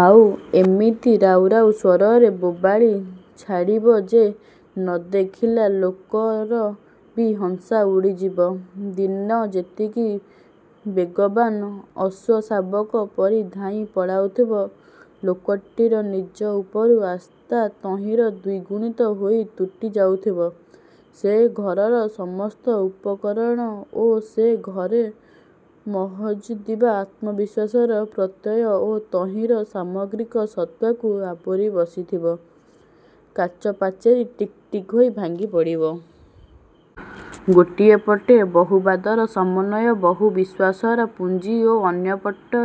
ଆଉ ଏମିତି ରାଉରାଉ ସ୍ୱରରେ ବୋବାଳି ଛାଡ଼ିବ ଯେ ନ ଦେଖିଲା ଲୋକର ବି ହଂସା ଉଡ଼ିଯିବ। ଦିନ ଯେତିକି ବେଗବାନ ଅଶ୍ୱଶାବକ ପରି ଧାଇଁ ପଳାଉଥିବ, ଲୋକଟିର ନିଜ ଉପରୁ ଆସ୍ଥା ତହିଁର ଦ୍ୱିଗୁଣିତ ହୋଇ ତୁଟି ଯାଉଥିବ। ସେ ଘରର ସମସ୍ତ ଉପକରଣ ଓ ସେ ଘରେ ମହଜୁଦ୍ଥିବା ଆତ୍ମବିଶ୍ୱାସର ପ୍ରତ୍ୟୟ ଓ ତହିଁର ସାମଗ୍ରିକ ସତ୍ତାକୁ ଆବୋରି ବସିଥିବା କାଚ ପାଚେରୀ ଟିକିଟିକି ହୋଇ ଭାଙ୍ଗିପଡ଼ିବ। ଗୋଟାଏ ପଟେ ବହୁବାଦର ସମନ୍ୱୟ, ବହୁ ବିଶ୍ୱାସର ପୁଞ୍ଜି ଓ ଅନ୍ୟ ପଟେ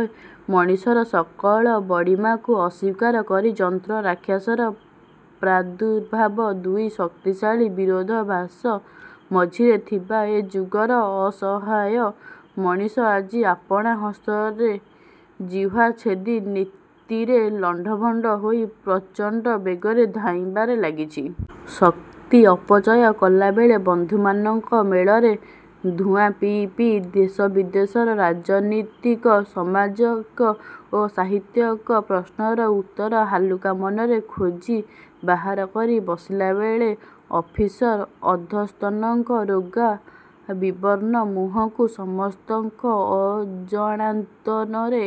ମଣିଷର ସକଳ ବଡ଼ିମାକୁ ଅସ୍ୱୀକାର କରି ଯନ୍ତ୍ର ରାକ୍ଷସର ପ୍ରାଦୁର୍ଭାବ। ଦୁଇ ଶକ୍ତିଶାଳୀ ବିରୋଧାଭାଷ ମଝିରେ ଥିବା ଏ ଯୁଗର ଅସହାୟ ମଣିଷ ଆଜି ଆପଣା ହସ୍ତ ରେ ଜିହ୍ୱାଛେଦି ନୀତିରେ ଲଣ୍ତଭଣ୍ତ ହୋଇ ପ୍ରଚଣ୍ତ ବେଗରେ ଧାଇଁବାରେ ଲାଗିଚି। ଶକ୍ତି ଅପଚୟ କଲାବେଳେ, ବନ୍ଧୁମାନଙ୍କ ମେଳରେ ଧୂଆଁ ପିଇ ପିଇ ଦେଶ ବିଦେଶର ରାଜନୀତିକ, ସାମାଜିକ ଓ ସାହିତ୍ୟିକ ପ୍ରଶ୍ନର ଉତ୍ତର ହାଲୁକା ମନରେ ଖୋଜି ବାହାର କରି ବସିଲାବେଳେ ଅଫିସର ଅଧଃସ୍ତନଙ୍କ ରୋଗା ବିବର୍ଣ୍ଣ ମୁହଁକୁ ସମସ୍ତଙ୍କ ଅଜଣାନ୍ତରେ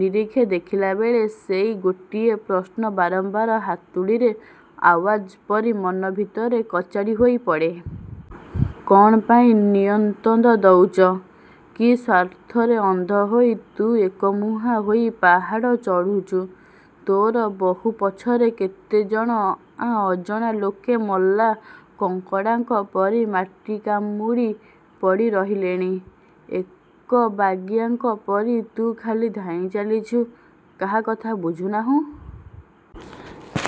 ନିରେଖି ଦେଖିଲାବେଳେ, ସେଇ ଗୋଟିଏ ପ୍ରଶ୍ନ ବାରମ୍ବାର ହାତୁଡ଼ିର ଆଓ୍ୱାଜ ପରି ମନ ଭିତରେ କଚାଡ଼ି ହୋଇପଡ଼େ। ''କ'ଣ ପାଇଁ ନୟନ୍ତକ ଦଉଡ଼? କି ସ୍ୱାର୍ଥରେ ଅନ୍ଧହୋଇ ତୁ ଏକମୁହାଁ ହୋଇ ପାହାଡ଼ ଚଢ଼ୁଛୁ? ତୋର ବହୁ ପଛରେ କେତେ ଜଣା ଅଜଣା ଲୋକେ ମଲା କଙ୍କଡାଙ୍କ ପରି ମାଟି କାମୁଡ଼ି ପଡ଼ି ରହିଲେଣି। ଏକବାଗିଆଙ୍କ ପରି ତୁ ଖାଲି ଧାଇଁ ଚାଲିଚୁ। କାହା କଥା ବୁଝୁନାହୁଁ।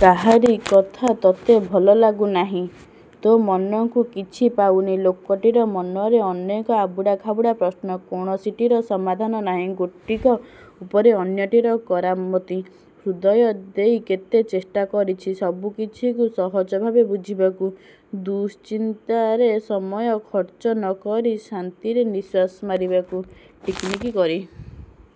କାହାରି କଥା ତୋତେ ଭଲ ଲାଗୁ ନାହିଁ। ତୋ ମନକୁ କିଛି ପାଉନି। '' ଲୋକଟିର ମନରେ ଅନେକ ଆବୁଡ଼ା ଖାବୁଡ଼ା ପ୍ରଶ୍ନ। କୌଣସିଟିର ସମାଧାନ ନାହିଁ। ଗୋଟିକ ଉପରେ ଅନ୍ୟଟିର କରାମତି। ହୃଦୟ ଦେଇ କେତେ ଚେଷ୍ଟା କରିଛି ସବୁକିଛିକୁ ସହଜଭାବେ ବୁଝିବାକୁ। ଦୁଶ୍ଚିନ୍ତାରେ ସମୟ ଖର୍ଚ୍ଚ ନକରି ଶାନ୍ତିରେ ନିଃଶ୍ୱାସ ମାରିବାକୁ। ଟିକିନିକି କରି